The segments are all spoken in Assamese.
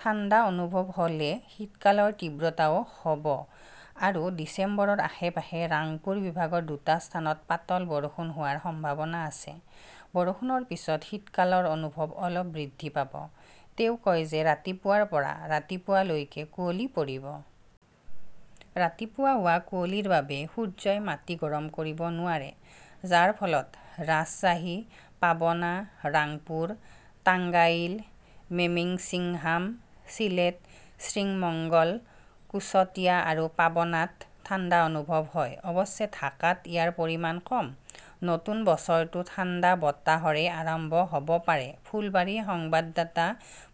ঠাণ্ডা অনুভৱ হ "লে শীতকালৰ তীব্ৰতাও হ" ব। আৰু ডিচেম্বৰৰ আশে-পাশে ৰাংপুৰ বিভাগৰ দুটা স্থানত পাতল বৰষুণ হোৱাৰ সম্ভাৱনা আছে। বৰষুণৰ পিছত শীতকালৰ অনুভৱ অলপ বৃদ্ধি পাব। তেওঁ কয় যে ৰাতিপুৱাৰ পৰা ৰাতিপুৱালৈকে কুঁৱলী পৰিব। ৰাতিপুৱা হোৱা কুঁৱলীৰ বাবে সূৰ্যই মাটি গৰম কৰিব নোৱাৰে, যাৰ ফলত ৰাজশ্বাহী, পাবনা, ৰাংপুৰ, টাঙ্গাইল, মেমিন্সিংহাম, চিলেট, শ্ৰিমংগল, কুশটিয়া আৰু পাবনাত ঠাণ্ডা অনুভৱ হয়। অৱশ্যে ঢাকাত ইয়াৰ পৰিমাণ কম। নতুন বছৰটো ঠাণ্ডা বতাহৰে আৰম্ভ হ 'ব পাৰে ফুলবাৰী সংবাদদাতা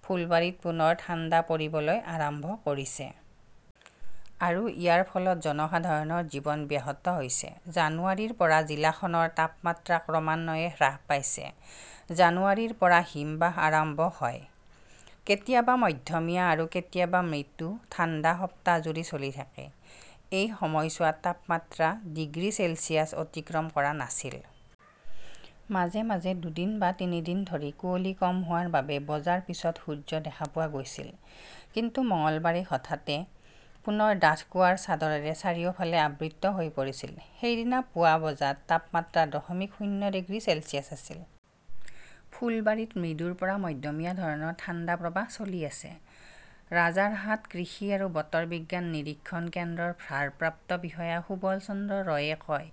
ফুলবাৰীত পুনৰ ঠাণ্ডা পৰিবলৈ আৰম্ভ কৰিছে। আৰু ইয়াৰ ফলত জনসাধাৰণৰ জীৱন ব্যাহত হৈছে। জানুৱাৰীৰ পৰা জিলাখনৰ তাপমাত্ৰা ক্ৰমান্বয়ে হ্ৰাস পাইছে। জানুৱাৰীৰ পৰা হিমবাহ আৰম্ভ হয়। কেতিয়াবা মধ্যমীয়া আৰু কেতিয়াবা মৃদু ঠাণ্ডা সপ্তাহজুৰি চলি থাকে। এই সময়ছোৱাত তাপমাত্ৰা ডিগ্ৰী চেলছিয়াছ অতিক্ৰম কৰা নাছিল। মাজে মাজে দুদিন বা তিনি দিন ধৰি কুঁৱলী কম হোৱাৰ বাবে বজাৰ পিছত সূৰ্য দেখা পোৱা গৈছিল। কিন্তু মঙলবাৰে হঠাতে পুনৰ ডাঠ কুৱাৰ চাদৰেৰে চাৰিওফালে আবৃত হৈ পৰিছিল। সেইদিনা পুৱা বজাত তাপমাত্ৰা দশমিক শূন্য ডিগ্ৰী চেলছিয়াছ আছিল। ফুলবাৰীত মৃদুৰ পৰা মধ্যমীয়া ধৰণৰ ঠাণ্ডা প্ৰৱাহ চলি আছে ", ৰাজাৰহাট কৃষি আৰু বতৰ বিজ্ঞান নিৰীক্ষণ কেন্দ্ৰৰ ভাৰপ্ৰাপ্ত বিষয়া সুবল চন্দ্ৰ ৰয়ে কয়।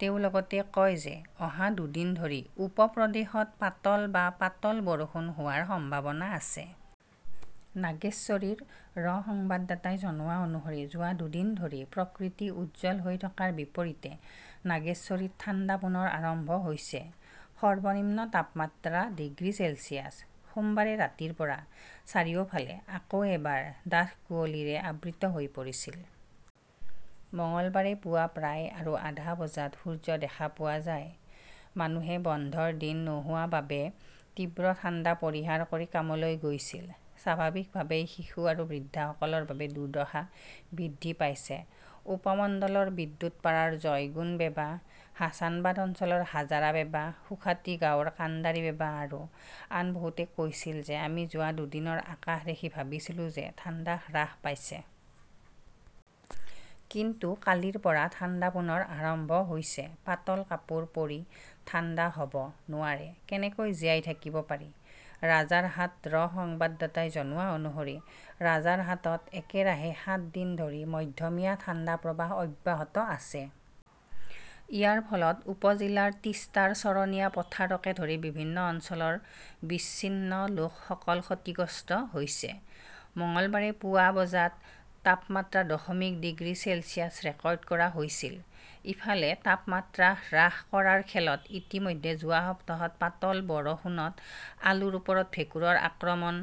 তেওঁ লগতে কয় যে অহা দুদিন ধৰি উপ-প্ৰদেশত পাতল বা পাতল বৰষুণ হোৱাৰ সম্ভাৱনা আছে। নাগেশ্বৰী ৰ সংবাদদাতাই জনোৱা অনুসৰি যোৱা দুদিন ধৰি প্ৰকৃতি উজ্জ্বল হৈ থকাৰ বিপৰীতে নাগেশ্বৰীত ঠাণ্ডা পুনৰ আৰম্ভ হৈছে। সৰ্বনিম্ন তাপমাত্ৰা ডিগ্ৰী চেলছিয়াছ। সোমবাৰে ৰাতিৰ পৰা চাৰিওফালে আকৌ এবাৰ ডাঠ কুঁৱলীৰে আবৃত হৈ পৰিছিল। মঙলবাৰে পুৱা প্ৰায় আৰু আধা বজাত সূৰ্য দেখা পোৱা যায়। মানুহে বন্ধৰ দিন নোহোৱাৰ বাবে তীব্ৰ ঠাণ্ডা পৰিহাৰ কৰি কামলৈ গৈছিল। স্বাভাৱিকভাৱেই শিশু আৰু বৃদ্ধসকলৰ বাবে দুৰ্দশা বৃদ্ধি পাইছে। উপমণ্ডলৰ বিদ্যুৎপাৰাৰ জয়গুন বেৱা, হাছানাবাদ অঞ্চলৰ হাজাৰা বেৱা, সুখাতী গাঁৱৰ কান্দাৰী বেৱা আৰু আন বহুতে কৈছিল যে আমি যোৱা দুদিনৰ আকাশ দেখি ভাবিছিলো যে ঠাণ্ডা হ্ৰাস পাইছে। কিন্তু কালিৰ পৰা ঠাণ্ডা পুনৰ আৰম্ভ হৈছে। পাতল কাপোৰ পৰি ঠাণ্ডা হ "ব নোৱাৰে। কেনেকৈ জীয়াই থাকিব পাৰি। ৰাজাৰহাট ৰ সংবাদদাতাই জনোৱা অনুসৰি ৰাজাৰহাটত একেৰাহে সাত দিন ধৰি মধ্যমীয়া ঠাণ্ডা প্ৰৱাহ অব্যাহত আছে। ইয়াৰ ফলত উপ-জিলাৰ তিষ্টাৰ চৰণীয়া পথাৰকে ধৰি বিভিন্ন অঞ্চলৰ বিচ্ছিন্ন লোকসকল ক্ষতিগ্ৰস্ত হৈছে। মঙলবাৰে পুৱা বজাত তাপমাত্ৰা দশমিক ডিগ্ৰী চেলছিয়াছ ৰেকৰ্ড কৰা হৈছিল। ইফালে, তাপমাত্ৰা হ্ৰাস কৰাৰ খেলত ইতিমধ্যে যোৱা সপ্তাহত পাতল বৰষুণত আলুৰ ওপৰত ভেঁকুৰৰ আক্ৰমণ